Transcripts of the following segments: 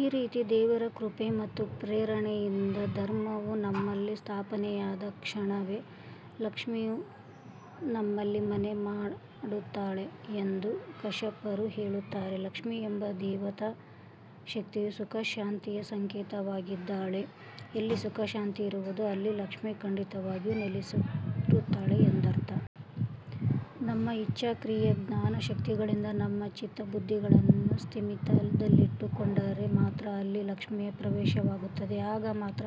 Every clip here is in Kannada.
ಈ ರೀತಿ ದೇವರ ಕೃಪೆ ಮತ್ತು ಪ್ರೇರಣೆಯಿಂದ ಧರ್ಮವು ನಮ್ಮಲ್ಲಿ ಸ್ಥಾಪನೆಯಾದ ಕ್ಷಣವೇ ಲಕ್ಷ್ಮಿಯು ನಮ್ಮಲ್ಲಿ ಮನೆ ಮಾಡುತ್ತಾಳೆ ಎಂದು ಕಶ್ಯಪರು ಹೇಳುತ್ತಾರೆ. ಲಕ್ಷ್ಮಿ ಎಂಬ ದೇವತಾ ಶಕ್ತಿಯು ಸುಖ ಶಾಂತಿಯ ಸಂಕೇತವಾಗಿದ್ದಾಳೆ. ಎಲ್ಲಿ ಸುಖ ಶಾಂತಿ ಇರುವುದೋ ಅಲ್ಲಿ ಲಕ್ಷ್ಮಿ ಖಂಡಿತವಾಗಿಯೂ ನೆಲೆಸಿರುತ್ತಾಳೆ ಎಂದರ್ಥ. ನಮ್ಮ ಇಚ್ಛಾ, ಕ್ರಿಯಾ, ಜ್ಞಾನ ಶಕ್ತಿಗಳಿಂದ ನಮ್ಮ ಚಿತ್ತ, ಬುದ್ಧಿಗಳನ್ನು ಸ್ಥಿಮಿತದಲ್ಲಿಟ್ಟು ಕೊಂಡರೆ ಮಾತ್ರ ಅಲ್ಲಿ ಲಕ್ಷ್ಮಿಯ ಪ್ರವೇಶವಾಗುತ್ತದೆ. ಆಗ ಮಾತ್ರ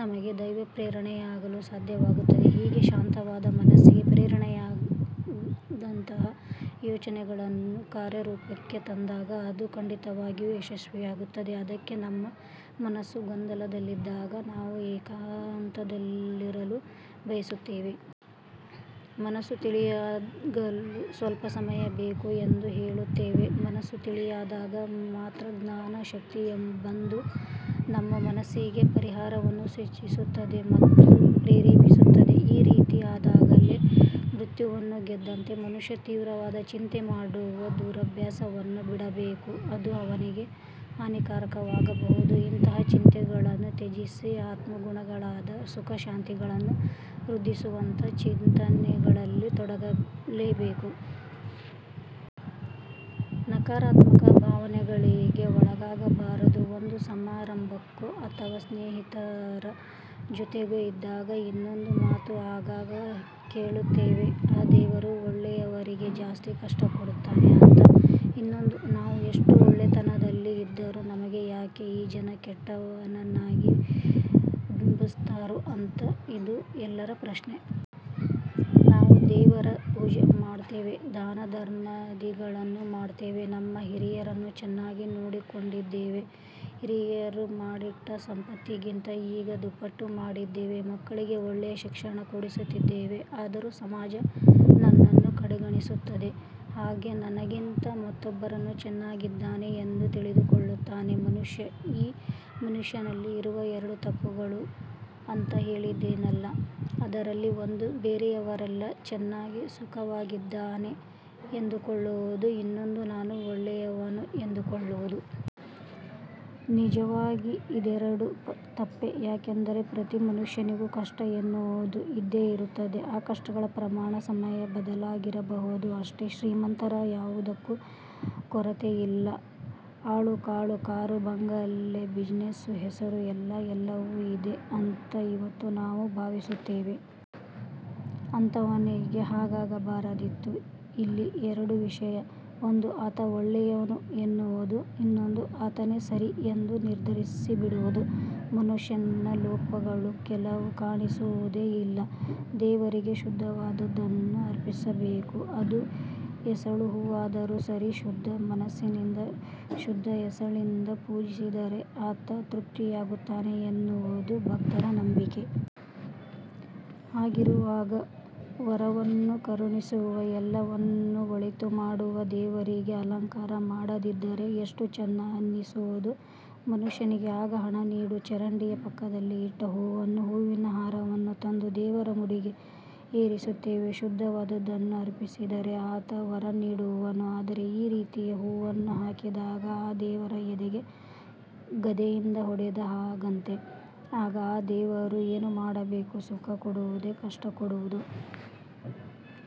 ನಮಗೆ ದೈವ ಪ್ರೇರಣೆಯಾಗಲು ಸಾಧ್ಯವಾಗುತ್ತದೆ. ಹೀಗೆ ಶಾಂತವಾದ ಮನಸ್ಸಿಗೆ ಪ್ರೇರಣೆಯಾದಂತಹ ಯೋಚನೆಗಳನ್ನು ಕಾರ್ಯರೂಪಕ್ಕೆ ತಂದಾಗ ಅದು ಖಂಡಿತವಾಗಿಯೂ ಯಶಸ್ವಿಯಾಗುತ್ತದೆ. ಅದಕ್ಕೆ ನಮ್ಮ ಮನಸ್ಸು ಗೊಂದಲದಲ್ಲಿದ್ದಾಗ ನಾವು ಏಕಾಂತದಲ್ಲಿರಲು ಬಯಸುತ್ತೇವೆ. ಮನಸ್ಸು ತಿಳಿಯಾಗಲು ಸ್ವಲ್ಪ ಸಮಯ ಬೇಕು ಎಂದು ಹೇಳುತ್ತೇವೆ. ಮನಸ್ಸು ತಿಳಿಯಾದಾಗ ಮಾತ್ರ ಜ್ಞಾನಶಕ್ತಿ ಬಂದು ನಮ್ಮ ಮನಸ್ಸಿಗೆ ಪರಿಹಾರವನ್ನು ಸೂಚಿಸುತ್ತದೆ ಮತ್ತು ಪ್ರೇರೇಪಿಸುತ್ತದೆ. ಈ ರೀತಿ ಆದಾಗಲೇ ಮೃತ್ಯುವನ್ನು ಗೆದ್ದಂತೆ. ಮನುಷ್ಯ ತೀವ್ರವಾದ ಚಿಂತೆ ಮಾಡುವ ದುರಭ್ಯಾಸವನ್ನು ಬಿಡಬೇಕು. ಅದು ಅವನಿಗೆ ಹಾನಿಕಾರಕವಾಗಬಹುದು. ಇಂತಹ ಚಿಂತೆಗಳನ್ನು ತ್ಯಜಿಸಿ, ಆತ್ಮಗುಣಗಳಾದ ಸುಖ ಶಾಂತಿಗಳನ್ನು ವೃದ್ಧಿಸುವಂತಹ ಚಿಂತನೆಗಳಲ್ಲಿ ತೊಡಗಬೇಕು. ನಕಾರಾತ್ಮಕ ಭಾವನೆಗಳಿಗೆ ಒಳಗಾಗಬಾರದು. ಒಂದು ಸಮಾರಂಭಕ್ಕೋ, ಅಥವಾ ಸ್ನೇಹಿತರ ಜೊತೆಗೋ ಇದ್ದಾಗ ಇದೊಂದು ಮಾತು ಆಗಾಗ ಕೇಳುತ್ತೇವೆ. ಆ ದೇವರು ಒಳ್ಳೆಯವರಿಗೆ ಜಾಸ್ತಿ ಕಷ್ಟ ಕೊಡ್ತಾನೆ ಅಂತ. ಇನ್ನೊಂದು ನಾವು ಎಷ್ಟು ಒಳ್ಳೆತನದಲ್ಲಿ ಇದ್ದರೂ ನಮಗೆ ಯಾಕೆ ಈ ಜನ ಕೆಟ್ಟವನನ್ನಾಗಿ ಬಿಂಬಸ್ತಾರೋ ಅಂತ. ಇದು ಎಲ್ಲರ ಪ್ರಶ್ನೆ. ನಾವು ದೇವರ ಪೂಜೆ ಮಾಡ್ತೇವೆ. ದಾನ ಧರ್ಮಾದಿಗಳನ್ನು ಮಾಡ್ತೇವೆ. ನಮ್ಮ ಹಿರಿಯರನ್ನು ಚೆನ್ನಾಗಿ ನೋಡಿಕೊಂಡಿದ್ದೇವೆ. ಹಿರಿಯರು ಮಾಡಿಟ್ಟ ಸಂಪತ್ತಿಗಿಂತ ಈಗ ದುಪ್ಪಟ್ಟು ಮಾಡಿದ್ದೇವೆ, ಮಕ್ಕಳಿಗೆ ಒಳ್ಳೆಯ ಶಿಕ್ಷಣ ಕೊಡಿಸಿದ್ದೇವೆ ಆದರೂ ಸಮಾಜ ನನ್ನನ್ನು ಕಡೆಗಾಣಿಸುತ್ತದೆ. ಹಾಗೆ ನನಗಿಂತ ಮತ್ತೊಬ್ಬನು ಚೆನ್ನಾಗಿದ್ದಾನೆ ಎಂದು ತಿಳಿದುಕೊಳ್ಳುತ್ತಾನೆ ಮನುಷ್ಯ. ಈ ಮನುಷ್ಯನಲ್ಲಿ ಇರುವ ಎರಡು ತಪ್ಪುಗಳು ಅಂತ ಹೇಳಿದೆನಲ್ಲ ಅದರಲ್ಲಿ ಒಂದು ಬೇರೆಯವರೆಲ್ಲ ಚೆನ್ನಾಗಿ ಸುಖವಾಗಿದ್ದಾನೆ ಎಂದುಕೊಳ್ಳುವುದು ಇನ್ನೊಂದು ನಾನು ಒಳ್ಳೆಯವನು ಎಂದುಕೊಳ್ಳುವುದು. ನಿಜವಾಗಿ ಇದೆರಡು ತಪ್ಪೆ. ಯಾಕೆಂದರೆ ಪ್ರತೀ ಮನುಷ್ಯನಿಗೂ ಕಷ್ಟ ಎನ್ನುವದು ಇದ್ದೆ ಇರುತ್ತದೆ. ಆ ಕಷ್ಟಗಳ ಪ್ರಮಾಣ, ಸಮಯ ಬದಲಾಗಿರಬಹುದು ಅಷ್ಟೆ. ಶ್ರೀಮಂತ ಯಾವುದಕ್ಕೂ ಕೊರತೆ ಇಲ್ಲ. ಆಳು ಕಾಳು ಕಾರು ಬಂಗಲೆ ಬಿಜನೆಸ್ಸು ಹೆಸರು ಎಲ್ಲ ಎಲ್ಲವೂ ಇದೆ ಅಂತ ಇವತ್ತು ನಾವು ಭಾವಿಸುತ್ತೆವೆ. ಅಂಥವನಿಗೆ ಹಾಗಾಗಬಾರದಿತ್ತು. ಇಲ್ಲಿ ಎರಡು ವಿಷಯ. ಒಂದು ಆತ ಒಳ್ಳೆಯವನು ಎನ್ನುವುದು, ಇನ್ನೊಂದು ಆತನೇ ಸರಿ ಎಂದು ನಿರ್ಧರಿಸಿಬಿಡುವುದು. ಮನುಷ್ಯನ ಲೋಪಗಳು ಕೆಲವು ಕಾಣಿಸುವುದೇ ಇಲ್ಲ. ದೇವರಿಗೆ ಶುದ್ಧವಾದದ್ದನ್ನು ಅರ್ಪಿಸಬೇಕು. ಅದು ಎಸಳು ಹೂವಾದರೂ ಸರಿ ಶುದ್ಧ ಮನಸ್ಸಿಂದ ಶುದ್ದ ಎಸಳಿಂದ ಪೂಜಿಸಿದರೆ ಆತ ತೃಪ್ತಿಯಾಗುತ್ತಾನೆ ಎನ್ನುವುದು ಭಕ್ತರ ನಂಬಿಕೆ. ಹಾಗಿರುವಾಗ ವರವನ್ನು ಕರುಣಿಸುವ, ಎಲ್ಲವನ್ನು ಒಳಿತು ಮಾಡುವ ದೇವರಿಗೆ ಅಲಂಕಾರ ಮಾಡದಿದ್ದರೆ ಎಷ್ಟು ಚೆನ್ನ ಅನ್ನಿಸುವುದು ಮನುಷ್ಯನಿಗೆ. ಆಗ ಹಣ ನೀಡಿ ಚರಂಡಿಯ ಪಕ್ಕದಲ್ಲಿ ಇಟ್ಟ ಹೂವನ್ನು, ಹೂವಿನ ಹಾರವನ್ನು ತಂದು ದೇವರ ಮುಡಿಗೆ ಏರಿಸುತ್ತೇವೆ. ಶುದ್ಧವಾದದ್ದು ಅರ್ಪಿಸಿದರೆ ಆತ ವರ ನೀಡುವನು. ಆದರೆ ಈ ರೀತಿಯ ಹೂವನ್ನು ಹಾಕಿದಾಗ ಆ ದೇವರ ಎದೆಗೆ ಗದೆಯಿಂದ ಹೊಡೆದ ಹಾಗಂತೆ. ಆಗ ಆ ದೇವರು ಏನು ಮಾಡಬೇಕು, ಸುಖ ಕೊಡುವುದೋ, ಕಷ್ಟ ಕೊಡುವುದೋ.